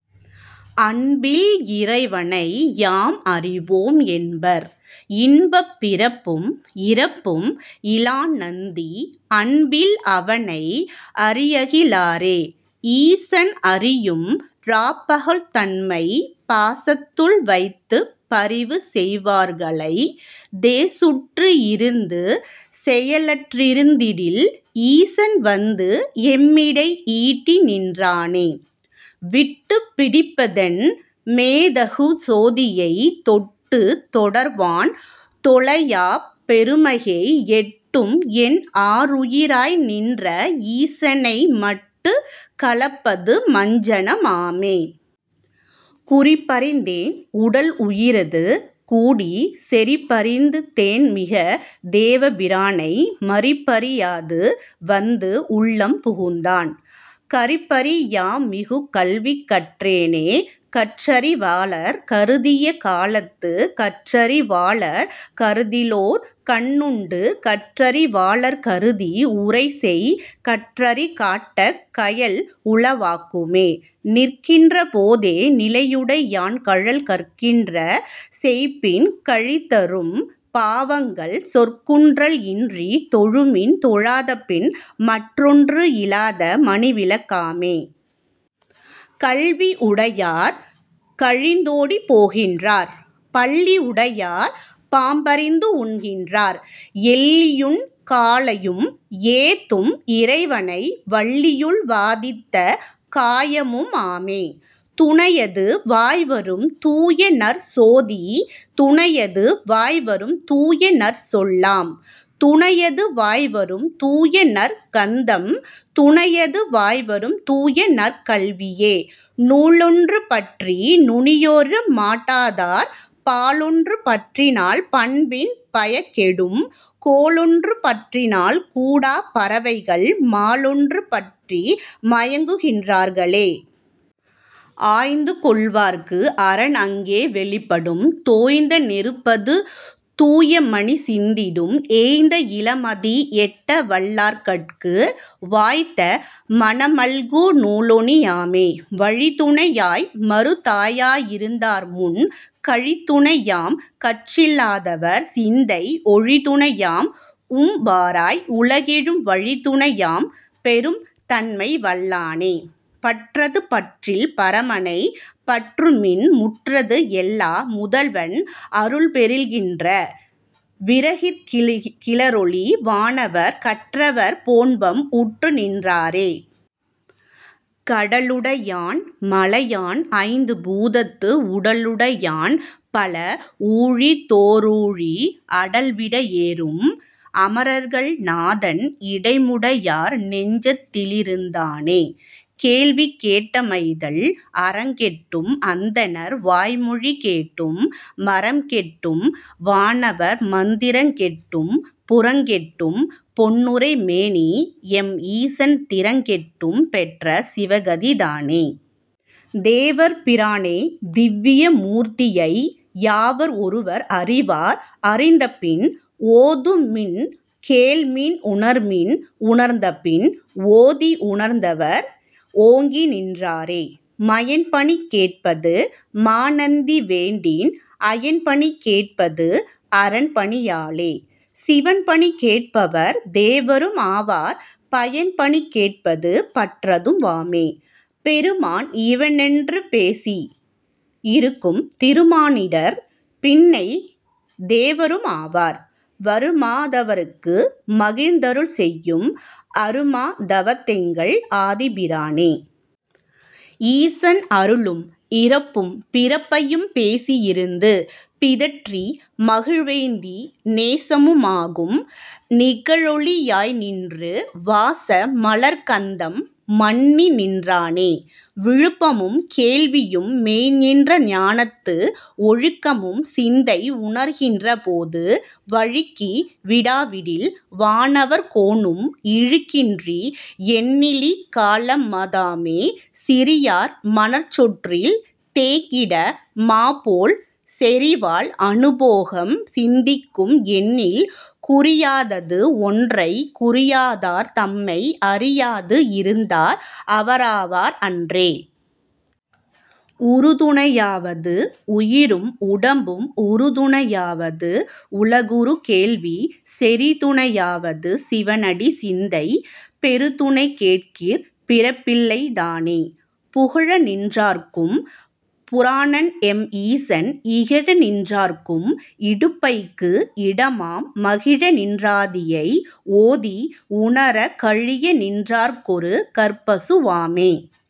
அன்பில் இறைவனை யாம்அறி வோம்என்பர் இன்பப் பிறப்பும் இறப்பும் இலான்நந்தி அன்பில் அவனை அறியகி லாரே. ஈசன் அறியும் இராப்பக லுந்தன்னைப் பாசத்துள் வைத்துப் பரிவுசெய் வார்களைத் தேசுற்று இருந்து செயலற் றிருந்திடில் ஈசன்வந்து எம்மிடை ஈட்டிநின் றானே. விட்டுப் பிடிப்பதென் மேதகு சோதியைத் தொட்டுத் தொடர்வன் தொலையாப் பெருமையை எட்டும் என் ஆருயி ராய்நின்ற ஈசனை மட்டுக் கலப்பது மஞ்சனம் ஆமே. குறிப்பறிந் தேன்உடல் உயிரது கூடிச் செறிப்பறிந் தேன்மிகு தேவர் பிரானை மறிப்பறி யாதுவந்துஉள்ளம் புகுந்தான் கறிப்பறி யாமிகுங் கல்விகற் றேனே. கற்றறி வாளர் கருதிய காலத்துக் கற்றறி வாளர் கருத்திலோர் கண்ணுண்டு கற்றறி வாளர் கருதி உரைசெய்யுங் கற்றறி காட்டக் கயல்உள வாக்குமே. நிற்கின்ற போதே நிலையுடை யான்கழல் கற்கின்ற செய்மின் கழிந்தறும் பாவங்கள் சொற்குன்றல் இன்றித் தொழுமின் தொழுதபின் மற்றொன்று இலாத மணிவிளக் காமே. கல்வி யுடையார் கழிந்தோடிப் போகின்றார் பல்லி யுடையார் பாம்பரிந்து உண்கின்றார் எல்லியுன் காலையும் ஏத்தும் இறைவனை வல்லியுள் வாதித்த காயமும் ஆமே. துணையது வாய்வரும் தூயநற் சோதி துணையது வாய்வரும் தூயநற் சொல்லாம் துணையது வாய்வரும் தூயநற் கந்தம் துணையது வாய்வரும் தூயநற் கல்வியே. நூலொன்று பற்றி நுனியோறமாட்டாதார் பாலொன்று பற்றினால் பண்பின் பயங்கெடும் கோலொன்று பற்றினால் கூடாப் பறவைகள் மாலொன்று பற்றி மயங்குகின் றார்க்களே. ஆய்ந்துகொள் வார்க்குஅரன் அங்கே வெளிப்படும் தோய்ந்த நெருப்பது தூய்மணி சிந்திடும் ஏய்ந்த இளமதி எட்டவல் லார்கட்கு வாய்ந்த மனமல்கு நூலேணி யாமே. வழித்துணை யாய்மருந் தாயிருந் தார்முன் கழித்துணை யாம்கற் றிலாதவர் சிந்தை ஒழித்துணை யாம்உம் பராய்உல கேழும் வழித்துணை யாம்பெருந் தன்மைவல் லானே. பற்றது பற்றில் பரமனைப் பற்றுமின் முற்றது எல்லா முதல்வன் அருள்பெறில் கிற்ற விரகிற் கிளரொளி வானவர் கற்றவர் போன்பம் உற்றுநின் றாரே. கடலுடை யான்மலை யான்ஐந்து பூதத்து உடலுடை யான்பல ஊழிதொ றூழி அடல்விடை யேறும் அமரர்கள் நாதன் இடமுடை யார்நெஞ்சத் தில்லிருந் தானே... கேள்வி கேட்டமைதல். அறங்கேட்டும் அந்தணர் வாய்மொழி கேட்டும் மறங்கேட்டும் வானவர் மந்திரங் கேட்டும் புறங்கேட்டும் பொன்னுரை மேனிஎம் ஈசன் திறங்கேட்டும் பெற்ற சிவகதி தானே. தேவர் பிரானைத் திவ்விய மூர்த்தியை யாவர் ஒருவர் அறிவார் அறிந்தபின் ஓதுமின் கேள்மின் உணர்மின் உணர்ந்தபின் ஓதி உணர்ந்தவர் ஓங்கி நின்றாரே. மயன்பணி கேட்பது மாநந்தி வேண்டின் அயன்பணி கேட்பது அரன்பணி யாலே சிவன்பணி கேட்பவர் தேவரும் ஆவர் பயன்பணி கேட்பது பற்றது வாமே. பெருமான் இவனென்று பேசி இருக்கும் திருமானிடர் பின்னைத் தேவரும் ஆவர் வருமா தவர்க்கு மகிழ்ந்தருள் செய்யும் அருமா தவத்தெங்கள் ஆதிப் பிரானே. ஈசன் அருளும் இறப்பும் பிறப்பையும் பேசி யிருந்து பிதற்றி மகிழ்வெய்தி நேசமு மாகும் நிகழொளி யாய்நின்று வாச மலர்க்கந்தம் மன்னிநின் றானே. விழுப்பமும் கேள்வியும் மெய்நின்ற ஞானத்து ஒழுக்கமும் சிந்தை உணர்கின்ற போது வழுக்கி விடாவிடில் வானவர் கோனும் இழுக்கின்றி எண்ணிலி காலம தாமே. சிறியார் மணற்சோற்றில் தேக்கிடு மாபோல் செறிவால் அனுபோகம் சிந்திக்கும் என்னில் குறியாதது ஒன்றைக் குறியாதார் தம்மை அறியாது இருந்தார் அவராவார் அன்றே. உறுதுணை யாவது உயிரும் உடம்பும் உறுதுணை யாவது உலகுறு கேள்வி செறிதுணை யாவது சிவனடிச் சிந்தை பெறுதுணை கேட்கிற் பிறப்பில்லை தானே. புகழநின் றார்க்கும் புராணன்எம் ஈசன் இகழநின் றார்க்கும் இடும்பைக்கு இடமாம் மகிழநின் றாதியை ஓதி உணராக் கழியநின் றார்க்கொரு கற்பசு வாமே.